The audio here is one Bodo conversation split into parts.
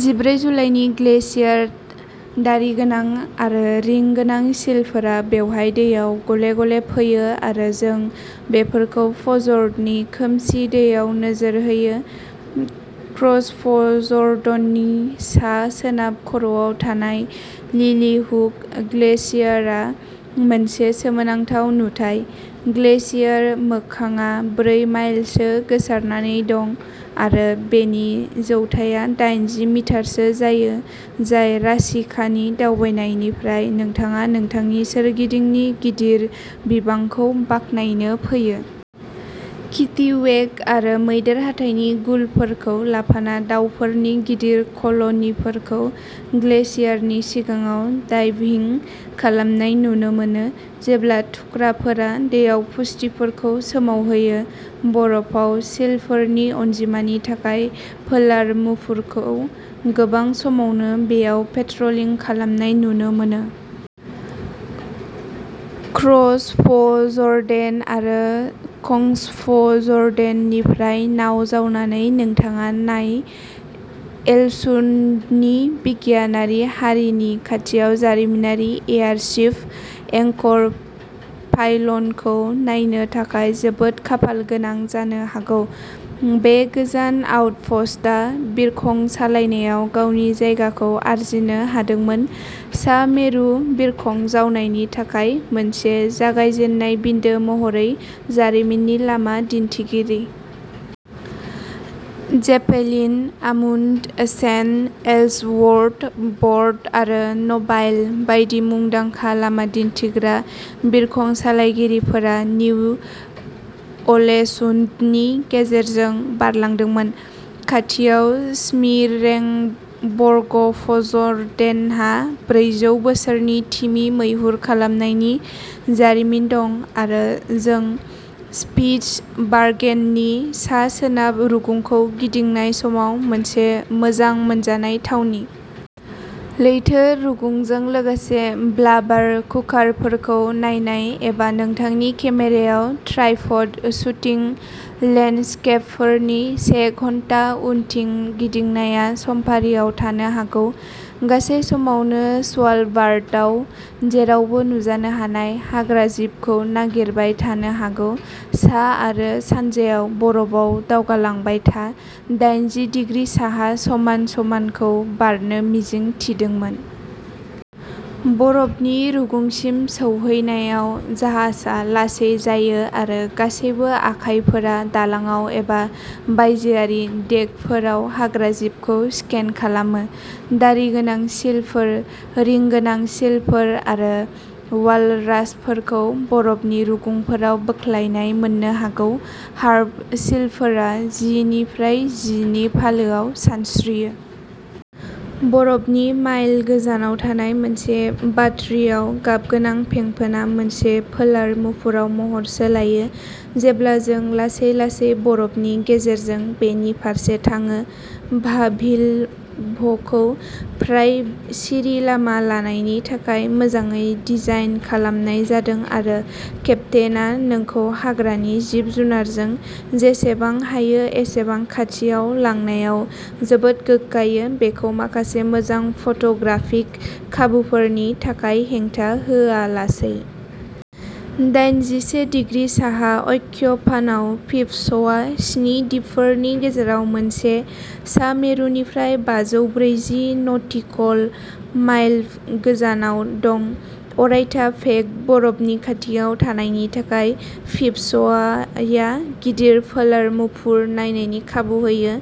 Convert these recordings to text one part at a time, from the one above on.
जिब्रै जुलाइनि ग्लेसियार। दारि गोनां आरो रिं गोनां सिलफोरा बेवहाय दैआव गले-गले फैयो आरो जों बेफोरखौ फ'जर्डनि खोमसि दैयाव नोजोर होयो। क्र'सफ'जर्डननि सा-सोनाब खर'आव थानाय लिलिहुक ग्लेसियारआ मोनसे सोमोनांथाव नुथाय। ग्लेसियार मोखांआ ब्रै माइलसो गोसारना दं आरो बेनि जौथाइया दाइनजि मिटारसो जायो जाय राशिकानि दावबायनायनिफ्राय नोंथाङा नोंथांनि सोरगिदिंनि गिदिर बिबांखौ बाखनायनो फैयो। किटिवेक आरो मैदेर हाथाइनि गुलफोरखौ लाफाना दावफोरनि गिदिर कल'निफोरखौ ग्लेसियारनि सिगाङाव डाइभिं खालामनाय नुनो मोनो, जेब्ला थुख्राफोरा दैआव पुष्टिफोरखौ सोमावहोयो। बरफाव सिलफोरनि अनजिमानि थाखाय पोलार मुफुरखौ गोबां समावनो बेयाव पेट्रलिं खालामनाय नुनो मोनो। क्र'सफ'जर्डेन आरो कंस्फ'जर्डेननिफ्राय नाव जावनानै, नोंथाङा नाय एलसुन्डनि बिगियानारि हारिनि खाथियाव जारिमिनारि एयारशिप एंकर पाइल'नखौ नायनो थाखाय जोबोद खाफालगोनां जानो हागौ। बे गोजान आउटप'स्टआ बिरखं सालायनायाव गावनि जायगाखौ आरजिनो हादोंमोन। सा-मेरु बिरखं जावनायनि थाखाय मोनसे जागायजेननाय बिन्दो महरै जारिमिननि लामा दिन्थिगिरि। जेपेलिन, आमुन्डसेन, एल्सवर्थ, बर्ड आरो न'बाइल बायदि मुंदांखा लामा दिन्थिग्रा बिरखं सालायगिरिफोरा निउ अलेसुन्डनि गेजेरजों बारलांदोंमोन। खाथियाव, स्मीरेंबर्गफज'र्डेनहा ब्रैजौ बोसोरनि तिमि मैहुर खालामनायनि जारिमिन दं आरो जों स्पिट्सबार्गेननि सा-सोनाब रुगुंखौ गिदिंनाय समाव मोनसे मोजां मोनजानाय थावनि। लैथो रुगुंजों लोगोसे ब्लाबार कुकारफोरखौ नायनाय, एबा नोंथांनि केमेरायाव ट्राइपड शुटिं लेन्डस्केपफोरनि से घन्टा उनथिं गिदिंनाया समफारियाव थानो हागौ, गासै समावनो स्वालबार्डआव जेरावबो नुजानो हानाय हाग्राजिबखौ नागिरबाय थानो हागौ। सा आरो सानजायाव बरफआव दावगालांबाय था, दाइनजि डिग्रि साहा समान समानखौ बारनो मिजिं थिदोंमोन। बरफनि रुगुंसिम सौहैनायाव जाहाजआ लासै जायो आरो गासैबो आखाइफोरा दालांआव एबा बायजोआरि देकफोराव हाग्राजिबखौ स्केन खालामो। दारि गोनां सिलफोर, रिं गोनां सिलफोर आरो वालरासफोरखौ बरफनि रुगुंफोराव बोख्लायनाय मोननो हागौ। हार्प सिलफोरा जि निफ्राय जि नि फालोआव सानस्रियो। बरफनि माइल गोजानाव थानाय मोनसे बाटरियाव गाबगोनां फेंफोना मोनसे पोलार मुफुराव महर सोलायो, जेब्ला जों लासै-लासै बरफनि गेजेरजों बेनि फारसे थाङो। भाभिलभखौ फ्राय सिरि लामा लानायनि थाखाय मोजाङै डिजाइन खालामनाय जादों आरो केप्तेनआ नोंखौ हाग्रानि जिब-जुनारजों जेसेबां हायो एसेबां खाथियाव लांनायाव जोबोद गोग्गायो, बेखौ माखासे मोजां फट'ग्राफिक खाबुफोरनि थाखाय हेंथा होआलासै। दाइनजिसे डिग्री साहा अक्षफानाव, फिप्स'या-स्नि दिपफोरनि गेजेराव मोनसे सा मेरुनिफ्राय बाजौब्रैजि नटिकल माइलल'गोजानाव दं। अरायथा पेक बरफनि खाथियाव थानायनि थाखाय, फिप्स'याया गिदिर पोलार मुफुर नायनायनि खाबु होयो।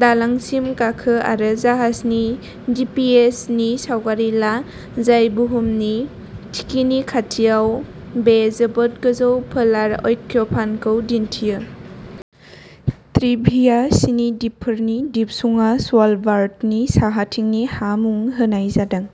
दालांसिम गाखो आरो जाहाजनि जिपिएस नि सावगारि ला, जाय बुहुमनि थिखिनि खाथियाव बे जोबोद गोजौ पोलार अक्षफानखौ दिन्थियो। ट्रिभिया स्नि दिपफोरनि दिपसुङा स्वालबार्डनि साहाथिंनि हा मुं होनाय जादों।